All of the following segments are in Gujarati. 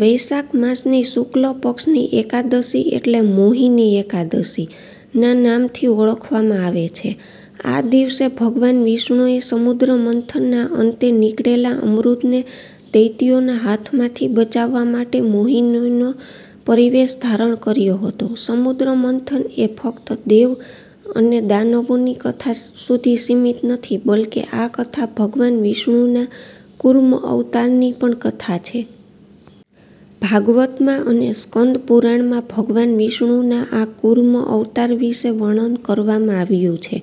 વૈશાખ માસની શુક્લ પક્ષની એકાદશી એટલે 'મોહિની એકાદશી'ના નામથી ઓળખવામાં આવે છે. આ દિવસે ભગવાન વિષ્ણુએ સમુદ્ર મંથનના અંતે નીકળેલા અમૃતને દૈત્યોના હાથમાંથી બચાવવા માટે મોહિનીનો પરિવેશ ધારણ કર્યો હતો. સમુદ્ર મંથન એ ફક્ત દેવ અને દાનવોની કથા સુધી સીમિત નથી બલ્કે આ કથા ભગવાન વિષ્ણુનાં કૂર્મ અવતારની પણ કથા છે. ભાગવતમાં અને સ્કંદ પુરાણમાં ભગવાન વિષ્ણુનાં આ કૂર્મ અવતાર વિષે વર્ણન કરવામાં આવ્યું છે.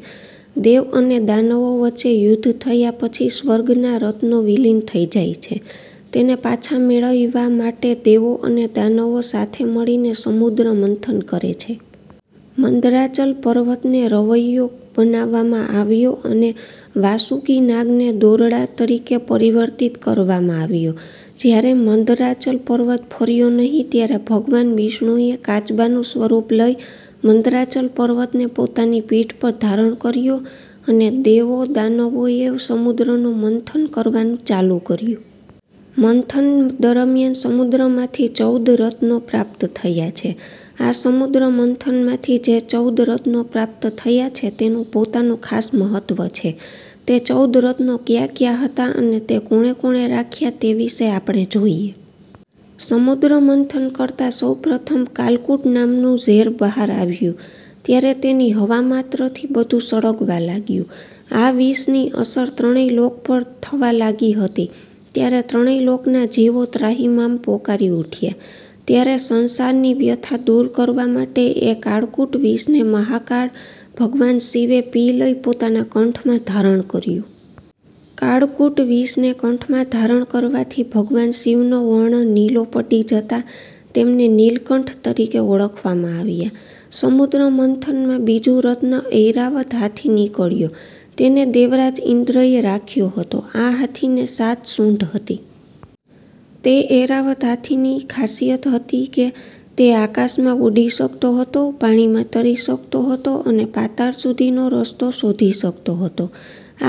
દેવ અને દાનવો વચ્ચે યુદ્ધ થયા પછી સ્વર્ગના રત્નો વિલીન થઈ જાય છે. તેને પાછા મેળયવા માટે દેવો અને દાનવો સાથે મળીને સમુદ્રમંથન કરે છે. મંદરાચલ પર્વતને રવૈયો બનાવવામાં આવીયો અને વાસુકી નાગને દોરડાં તરીકે પરિવર્તિત કરવામાં આવીયો. જ્યારે મંદરાચલ પર્વત ફર્યો નહીં ત્યારે ભગવાન વિષ્ણુએ કાચબાનું સ્વરૂપ લઈ મંદરાચલ પર્વતને પોતાની પીઠ પર ધારણ કર્યો અને દેવો-દાનવોએ સમુદ્રનું મંથન કરવાનું ચાલું કર્યું. મંથન દરમ્યાન સમુદ્રમાંથી ચૌદ રત્નો પ્રાપ્ત થયાં છે. આ સમુદ્ર મંથનમાંથી જે ચૌદ રત્નો પ્રાપ્ત થયાં છે તેનું પોતાનું ખાસ મહત્વ છે તે ચૌદ રત્નો ક્યા ક્યા હતા અને તે કોણે કોણે રાખ્યા તે વિષે આપણે જોઈએ. સમુદ્રમંથન કરતા સૌ પ્રથમ કાલકૂટ નામનું ઝેર બહાર આવ્યું ત્યારે તેની હવામાત્રથી બધું સળગવા લાગ્યું. આ વિષની અસર ત્રણેય લોક પર થવા લાગી હતી ત્યારે ત્રણેય લોકનાં જીવો ત્રાહિમામ પોકારી ઉઠ્યા ત્યારે સંસારની વ્યથા દૂર કરવા માટે એ કાળકૂટ વિષને મહાકાળ ભગવાન શિવે પી લઇ પોતાના કંઠમાં ધારણ કર્યું. કાળકૂટ વિષને કંઠમાં ધારણ કરવાથી ભગવાન શિવનો વર્ણ નીલો પડી જતાં તેમને નીલકંઠ તરીકે ઓળખવામાં આવીયાં. સમુદ્ર મંથન માં બીજું રત્ન ઐરાવત હાથી નીકળ્યો તેને દેવરાજ ઈન્દ્રએ રાખ્યો હતો. આ હાથીને સાત સૂંઢ હતી. તે ઐરાવત હાથીની ખાસિયત હતી કે તે આકાશમાં ઉડી શકતો હતો, પાણીમાં તરી શકતો હતો અને પાતાળ સુધીનો રસ્તો શોધી શકતો હતો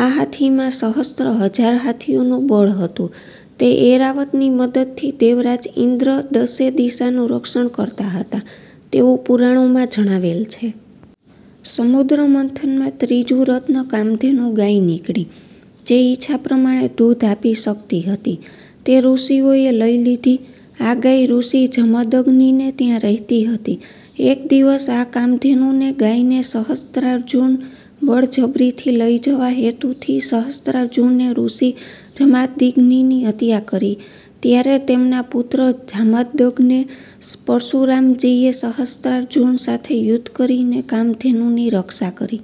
આ હાથીમાં સહસ્ત્રહજાર હાથીઓનું બળ હતું. તે ઐરાવતની મદદથી દેવરાજ ઈન્દ્ર દશે દિશાનું રક્ષણ કરતા હતાં તેવું પુરાણોમાં જણાવેલ છે. સમુદ્ર મંથન માં ત્રીજું રત્ન કામધેનુ ગાય નીકળી જે ઈચ્છા પ્રમાણે દૂધ, આપી શકતી હતી તે ઋષીઓએ લઈ લીધી આ ગાય ઋષિ જમદગ્નિને ત્યાં રહેતી હતી એક દિવસ આ કામધેનુને ગાયને સહસ્ત્રાર્જુન બળજબરીથી લઈ જવા હેતુથી સહસ્ત્રાર્જુને ઋષિ જમાદીગ્નિની હત્યા કરી ત્યારે તેમના પુત્ર જામદગ્નૈ પરશુરામજીએ સહસ્ત્રાર્જુન સાથે યુદ્ધ કરીને કામધેનુની રક્ષા કરી.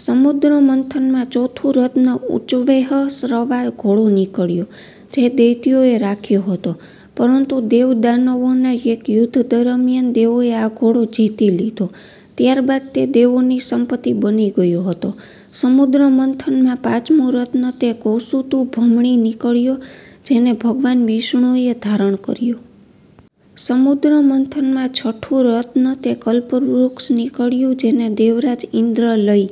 સમુદ્ર મંથન માં ચોથું રત્ન ઉચુવેહશ્રવા ઘોડો નિકળ્યો જે દૈત્યોએ રાખ્યો હતો. પરંતુ દેવ-દાનવોના એક યુધ્ધ દરમ્યાન દેવોએ આ ઘોડો જીતી લીધો ત્યારબાદ તે દેવોની સંપતિ બની ગયો હતો. સમુદ્ર મંથનમાં પાંચમું રત્ન તે કૌસુતુભમણિ નીકળ્યો જેને ભગવાન વિષ્ણુએ ધારણ કર્યો. સમુદ્ર મંથન માં છઠ્ઠું રત્ન તે કલ્પવૃક્ષ નીકળ્યું જેને દેવરાજ ઇન્દ્ર લઈ